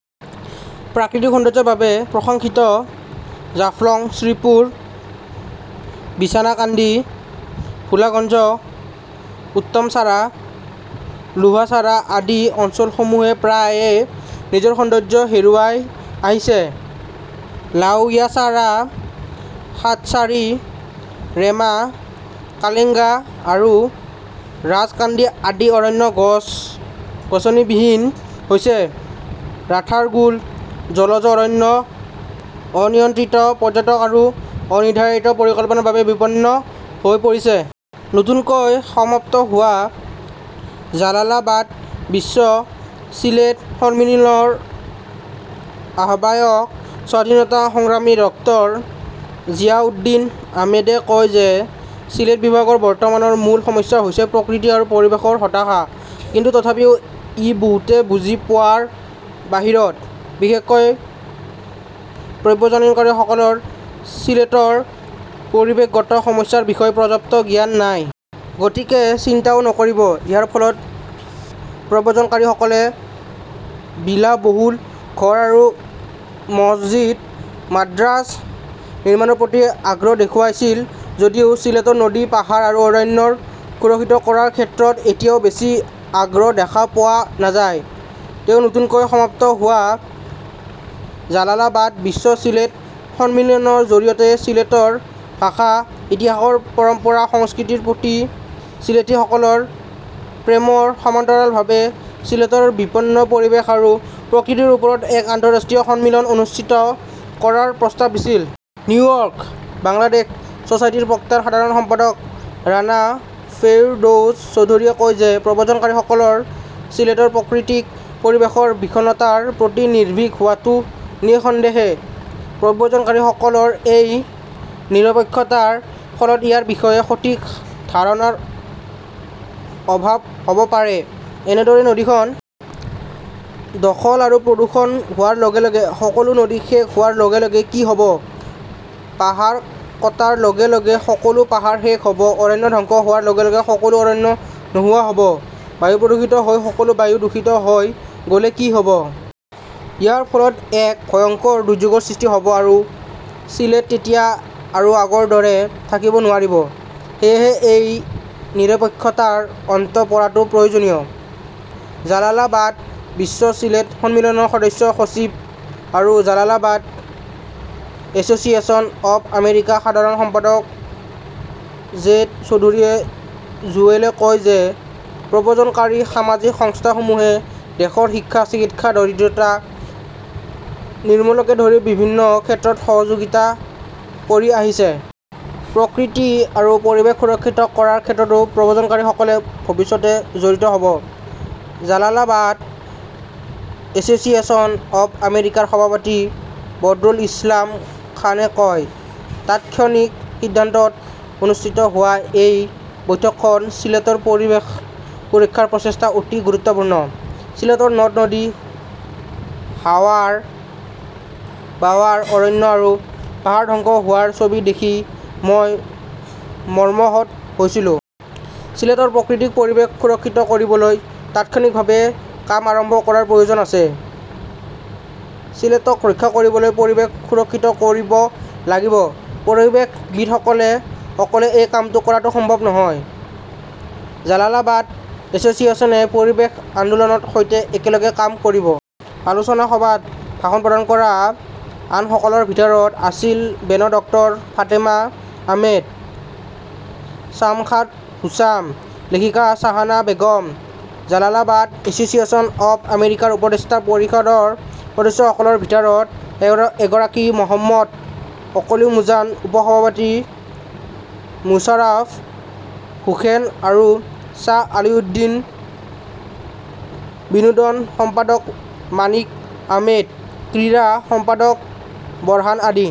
প্ৰাকৃতিক সৌন্দৰ্য্যৰ বাবে প্ৰশংসিত জাফলং, শ্ৰীপুৰ, বিছানাকান্দি, ভোলাগঞ্জ, উত্তমচাৰা, লোভাচাৰা আদি অঞ্চলসমূহে প্ৰায়ে নিজৰ সৌন্দৰ্য হেৰুৱাই আহিছে। লাউয়াছাৰা, সাতচাৰী, ৰেমা-কালেঙ্গা আৰু ৰাজকান্দি আদি অৰণ্য গছ-গছনিবিহীন হৈছে। ৰাথাৰগুল জলজ অৰণ্য অনিয়ন্ত্ৰিত পৰ্যটক আৰু অনিৰ্ধাৰিত প্ৰকল্পৰ বাবে বিপন্ন হৈ পৰিছে। নতুনকৈ সমাপ্ত হোৱা জালালাবাদ বিশ্ব চিলেট সন্মিলনৰ আহ্বায়ক স্বাধীনতা সংগ্ৰামী ডক্টৰ জিয়াউদ্দিন আহমেদে কয় যে, চিলেট বিভাগৰ বৰ্তমানৰ মূল সমস্যা হৈছে প্ৰকৃতি আৰু পৰিৱেশৰ হতাশা। কিন্তু তথাপিও ই বহুতে বুজি পোৱাৰ বাহিৰত। বিশেষকৈ প্ৰব্ৰজনকাৰীসকলৰ চিলেটৰ পৰিৱেশগত সমস্যাৰ বিষয়ে পৰ্যাপ্ত জ্ঞান নাই। গতিকে চিন্তাও নকৰিব। ইয়াৰ ফলত প্ৰব্ৰজনকাৰীসকলে বিলাসবহুল ঘৰ আৰু মছজিদ মাদ্ৰাজ নিৰ্মাণৰ প্ৰতি আগ্ৰহ দেখুৱাইছিল যদিও চিলেটৰ নদী, পাহাৰ আৰু অৰণ্য সুৰক্ষিত কৰাৰ ক্ষেত্ৰত এতিয়াও বেছি আগ্ৰহ দেখা পোৱা নাযায়। তেওঁ নতুনকৈ সমাপ্ত হোৱা জালালাবাদ বিশ্ব চিলেট সন্মিলনৰ জৰিয়তে চিলেটৰ ভাষা-ইতিহাস-পৰম্পৰা-সংস্কৃতিৰ প্ৰতি চিলেটীসকলৰ প্ৰেমৰ সমান্তৰালভাৱে চিলেটৰ বিপন্ন পৰিৱেশ আৰু প্ৰকৃতিৰ ওপৰত এক আন্তঃৰাষ্ট্ৰীয় সন্মিলন অনুষ্ঠিত কৰাৰ প্ৰস্তাৱ দিছিল। নিউয়ৰ্ক বাংলাদেশ ছ'চাইটিৰ প্ৰাক্তন সাধাৰণ সম্পাদক ৰাণা ফেৰদৌছ চৌধুৰীয়ে কয় যে, প্ৰব্ৰজনকাৰীসকলৰ চিলেটৰ প্ৰাকৃতিক পৰিৱেশৰ বিষণ্ণতাৰ প্ৰতি নিৰ্ভীক হোৱাটো নিঃসন্দেহে। প্ৰব্ৰজনকাৰীসকলৰ এই নিৰপেক্ষতাৰ ফলত ইয়াৰ বিষয়ে সঠিক ধাৰণাৰ অভাৱ হ'ব পাৰে। এনেদৰে নদীখন দখল আৰু প্ৰদূষণ হোৱাৰ লগে লগে সকলো নদী শেষ হোৱাৰ লগে লগে কি হ'ব, পাহাৰ কটাৰ লগে লগে সকলো পাহাৰ শেষ হ'ব, অৰণ্য ধ্বংস হোৱাৰ লগে লগে সকলো অৰণ্য নোহোৱা হ'ব, বায়ু প্ৰদূষিত হৈ সকলো বায়ু দূষিত হৈ গ’লে কি হ’ব? ইয়াৰ ফলত এক ভয়ংকৰ দুৰ্যোগৰ সৃষ্টি হ’ব আৰু চিলেট তেতিয়া আৰু আগৰ দৰে থাকিব নোৱাৰিব। সেয়েহে এই নিৰপেক্ষতাৰ অন্ত পৰাটো প্ৰয়োজনীয়। জালালাবাদ বিশ্ব চিলেট সন্মিলনৰ সদস্য সচিব আৰু জালালাবাদ এছ'চিয়েশ্যন অৱ আমেৰিকাৰ সাধাৰণ সম্পাদক জেড চৌধুৰী জুৱেলে কয় যে, প্ৰব্ৰজনকাৰী সামাজিক সংস্থাসমূহে দেশৰ শিক্ষা, চিকিৎসা, দৰিদ্ৰতা নিৰ্মূলকে ধৰি বিভিন্ন ক্ষেত্ৰত সহযোগিতা কৰি আহিছে। প্ৰকৃতি আৰু পৰিৱেশ সুৰক্ষিত কৰাৰ ক্ষেত্ৰতো প্ৰব্ৰজনকাৰীসকলে ভৱিষ্যতে জড়িত হ'ব। জালালাবাদ এছ'চিয়েশ্যন অৱ আমেৰিকাৰ সভাপতি বদৰুল ইছলাম খানে কয়, তাৎক্ষণিক সিদ্ধান্তত অনুষ্ঠিত হোৱা এই বৈঠকখন চিলেটৰ পৰিৱেশ সুৰক্ষাৰ প্ৰচেষ্টা অতি গুৰুত্বপূৰ্ণ। ছিলেটৰ নদ-নদী, হাৱাৰ-বাৱাৰ, অৰণ্য আৰু পাহাৰ ধ্বংস হোৱাৰ ছবি দেখি মই মৰ্মাহত হৈছিলোঁ। চিলেটৰ প্ৰাকৃতিক পৰিৱেশ সুৰক্ষিত কৰিবলৈ তাৎক্ষণিকভাৱে কাম আৰম্ভ কৰাৰ প্ৰয়োজন আছে। চিলেটক ৰক্ষা কৰিবলৈ পৰিৱেশ সুৰক্ষিত কৰিব লাগিব। পৰিৱেশবিদসকলে অকলে এই কামটো কৰাটো সম্ভৱ নহয়। জালালাবাদ এছ'চিয়েশ্যনে পৰিৱেশ আন্দোলনৰ সৈতে একেলগে কাম কৰিব। আলোচনা সভাত ভাষণ প্ৰদান কৰা আনসকলৰ ভিতৰত আছিল বেনৰ ডক্টৰ ফাতেমা আহমেদ, ছামশাদ হুছাম, লেখিকা শ্বাহানা বেগম, জালালাবাদ এছ'চিয়েশ্যন অৱ আমেৰিকাৰ উপদেষ্টা পৰিষদৰ সদস্যসকলৰ ভিতৰত এগৰাকী মহম্মদ একলিমুজান, উপ-সভাপতি মুশ্বাৰফ হোসেন আৰু শ্বাহ আলাউদ্দিন, বিনোদন সম্পাদক মাণিক আহমেদ, ক্ৰীড়া সম্পাদক বৰহান আদি।